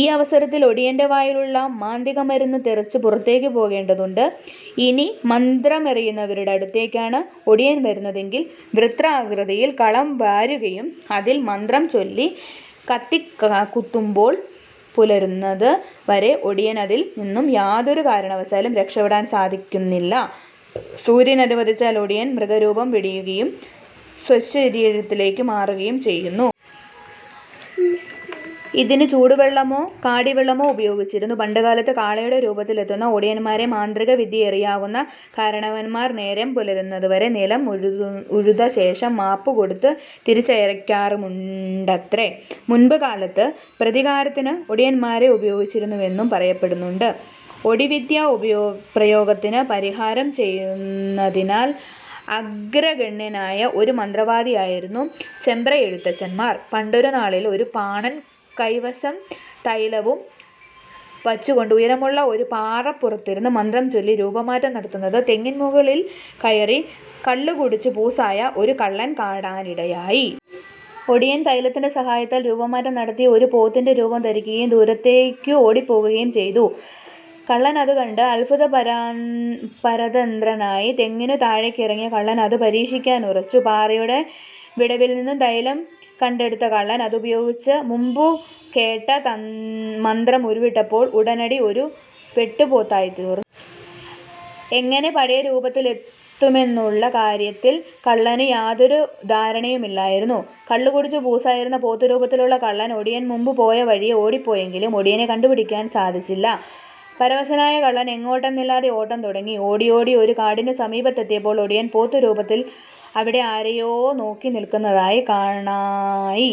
ഈ അവസരത്തിൽ ഒടിയന്റെ വായിലുള്ള മാന്തികമരുന്ന് തെറിച്ച് പുറത്തേയ്ക്കു പോകേണ്ടതുണ്ട്. ഇനി മന്ത്രമറിയുന്നവരുടെ അടുത്തേക്കാണ് ഒടിയൻ വരുന്നതെങ്കിൽ, വൃത്താകൃതിയിൽ കളം വാരുകയും അതിൽ മന്ത്രം ചൊല്ലി കത്തി കുത്തുമ്പോൾ പുലരുന്നത് വരെ ഒടിയന് അതിൽ നിന്നും യാതൊരു കാരണവശാലും രക്ഷപെടാൻ സാധിക്കുന്നില്ല. സൂര്യൻ അനുവദിച്ചാൽ ഒടിയൻ മൃഗരൂപം വെടിയുകയും സ്വശരീരത്തിലേയ്ക്കു മാറുകയും ചെയ്യുന്നു. ഇതിന് ചൂടുവെള്ളമോ കാടിവെള്ളമോ ഉപയോഗിച്ചിരുന്നു. പണ്ടുകാലത്ത് കാളയുടെ രൂപത്തിൽ എത്തുന്ന ഒടിയൻമാരെ മാന്ത്രികവിദ്യറിയാവുന്ന കാരണവന്മാർ നേരം പുലരുന്നതുവരെ നിലം ഉഴുതശേഷം മാപ്പ് കൊടുത്തു തിരിച്ചയയ്ക്കാറുണ്ടായിരുന്നുവത്രേ. മുൻപ് കാലത്ത് പ്രതികാരത്തിന് ഒടിയൻമാരെ ഉപയോഗിച്ചിരുന്നുവെന്നും പറയപ്പെടുന്നുണ്ട്. ഒടിവിദ്യാ പ്രയോഗത്തിനു പരിഹാരം ചെയ്യുന്നതിൽ അഗ്രഗണ്യനായ ഒരു മന്ത്രവാദിയായിരുന്നു ചെമ്പ്രയെഴുത്തച്ഛന്മാർ. പണ്ടൊരു നാളിൽ ഒരു പാണൻ കൈവശം തൈലവും വച്ചുകൊണ്ട് ഉയരമുള്ള ഒരു പാറപ്പുറത്തിരുന്ന് മന്ത്രം ചൊല്ലി രൂപമാറ്റം നടത്തുന്നത് തെങ്ങിൻ മുകളിൽ കയറി കള്ളു കുടിച്ചു പൂസായ ഒരു കള്ളൻ കാണാനിടയായി. ഒടിയൻ, തൈലത്തിന്റെ സഹായത്താൽ രൂപമാറ്റം നടത്തി ഒരു പോത്തിന്റെ രൂപം ധരിക്കുകയും ദൂരേയ്ക്കു് ഓടിപ്പോകുകയും ചെയ്തു. കള്ളൻ ഇതുകണ്ട് അത്ഭുത പരതന്ത്രനായി. തെങ്ങിനു ത്ഴെയിറങ്ങിയ കള്ളൻ ഇതു പരീക്ഷിക്കാനുറച്ചു. പാറയുടെ വിടവിൽനിന്നു തൈലം കണ്ടെടുത്ത കള്ളൻ അതുപയോഗിച്ച് മുമ്പുകേട്ട മന്ത്രം ഉരുവിട്ടപ്പോൾ ഉടനടി ഒരു വെട്ടുപോത്തായിത്തീർന്നു. എങ്ങനെ പഴയ രൂപത്തിലെത്തുമെന്നുള്ള കാര്യത്തിൽ കള്ളനു യാതൊരു ധാരണയുമില്ലായിരുന്നു. കളളുകുടിച്ചു പൂസായിരുന്ന പോത്തു രൂപത്തിലുള്ള കള്ളൻ, ഒടിയൻ മുമ്പു പോയ വഴിയേ ഓടിപ്പോയെങ്കിലും ഒടിയനെ കണ്ടുപിടിക്കുവാൻ സാധിച്ചില്ല. പരവശനായ കള്ളൻ എങ്ങോട്ടെന്നില്ലാതെ ഓട്ടം തുടങ്ങി. ഓടിയോടി ഒരു കാടിനു സമീപമെത്തിയപ്പോൾ ഒടിയൻ പോത്തുരൂപത്തിൽ അവിടെ ആരെയോ നോക്കി നിൽക്കുന്നതു കാണായി.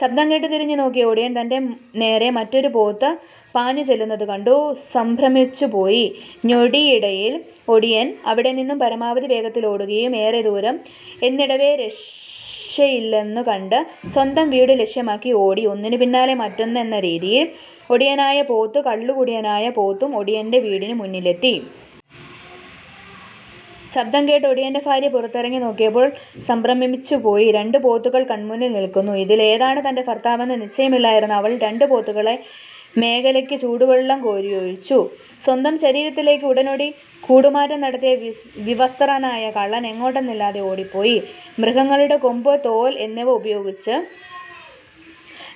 ശബ്ദം കേട്ടു തിരിഞ്ഞുനോക്കിയ ഒടിയൻ തന്റെ നേരേ മറ്റൊരു പോത്ത് പാഞ്ഞുചെല്ലുന്നതു കണ്ടു സംഭ്രമിച്ചുപോയി. ഞൊടിയിടയിൽ ഒടിയൻ അവിടെനിന്നു പരമാവധി വേഗത്തിലോടുകയും ഏറെ ദൂരം പിന്നിടവേ രക്ഷയില്ലെന്നു കണ്ട് സ്വന്തം വീടു ലക്ഷ്യമാക്കി ഓടി. ഒന്നിനു പിന്നാലെ മറ്റൊന്ന് എന്ന രീതിയിൽ ഒടിയനായ പോത്തും കള്ളുകുടിയനായ പോത്തും ഒടിയന്റെ വീടിനു മുന്നിലെത്തി. ശബ്ദം കേട്ട് ഒടിയന്റെ ഭാര്യ പുറത്തിറങ്ങി നോക്കിയപ്പോൾ സംഭ്രമിച്ചു പോയി. രണ്ടു പോത്തുകൾ കൺമുന്നിൽ നിൽക്കുന്നു. ഇതിൽ ഏതാണ് തന്റെ ഭർത്താവെന്നു നിശ്ചയമില്ലാതിരുന്ന അവർ രണ്ടു പോത്തുകളെ മേലേയ്ക്കും ചൂടുവെള്ളം കോരിയൊഴിച്ചു. സ്വന്തം ശരീരത്തിലേയ്ക്കു ഉടനടി കൂടുമാറ്റ നടത്തിയ വിവസ്ത്രനായ കള്ളൻ എങ്ങോട്ടെന്നില്ലാതെ ഓടിപ്പോയി. മൃഗങ്ങളുടെ കൊമ്പ്, തോൽ എന്നിവ ഉപയോഗിച്ച്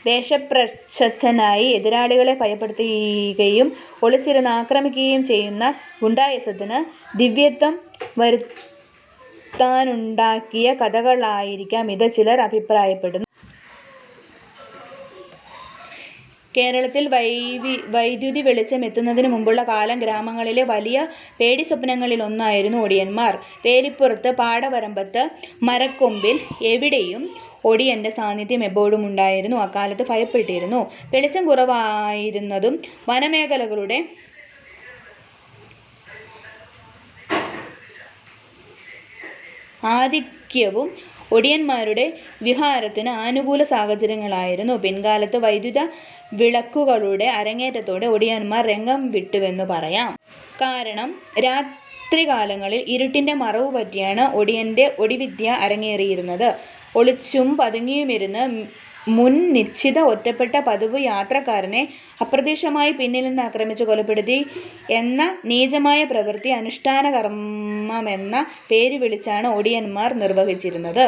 വേഷപ്രശ്ചന്നരായി എതിരാളികളെ ഭയപ്പെടുത്തുകയും ഒളിച്ചിരുന്ന് ആക്രമിക്കുകയും ചെയ്യുന്ന ഗുണ്ടായിസത്തിന് ദിവ്യത്വം വരുത്താനുണ്ടാക്കിയ കഥകളായിരിക്കാം ഇത് ചിലർ അഭിപ്രായപ്പെടുന്നു. കേരളത്തിൽ വൈദ്യുതി വെളിച്ചം എത്തുന്നതിനു മുമ്പുള്ള കാലം ഗ്രാമങ്ങളിലെ വലിയ പേടിസ്വപ്നങ്ങളിലൊന്നായിരുന്നു ഒടിയന്മാർ. വേലിപ്പുറത്ത്, പാടവരമ്പത്ത്, മരക്കൊമ്പിൽ എവിടെയും ഒടിയന്റെ സാന്നിധ്യം എപ്പോഴുമുണ്ടാകാമെന്ന് അക്കാലത്ത് ഭയപ്പെട്ടിരുന്നു. വെളിച്ചം കുറവായിരുന്നതും വനമേഖലകളുടെ ആധിക്യവും ഒടിന്മാരുടെ വിഹാരത്തിന് അനുകാല സാഹചര്യങ്ങളായിരുന്നു. പിൽക്കാലത്ത് വൈദ്യുത വിളക്കുകളുടെ അരങ്ങേറ്റത്തോടെ ഒടിയന്മാർ രംഗം വിട്ടുവെന്നു പറയാം. കാരണം, രാത്രികാലങ്ങളിൽ ഇരുട്ടിന്റെ മറവു പറ്റിയാണ് ഒടിയന്റെ ഒടി വിദ്യ അരങ്ങേറിയിരുന്നത്. ഒളിച്ചും പതുങ്ങിയുമിരുന്ന് മുൻ നിശ്ചയിച്ച ഒറ്റപ്പെട്ട പതിവു യാത്രക്കാരനെ അപ്രതീക്ഷിതമായി പിന്നിൽ നിന്നും ആക്രമിച്ച് കൊലപ്പെടുത്തി എന്ന നീചമായ പ്രവൃത്തി, അനുഷ്ഠാന കർമ്മമെന്ന പേരുവിളിച്ചാണ് ഒടിയൻമാർ നിർവ്വഹിച്ചിരുന്നത്.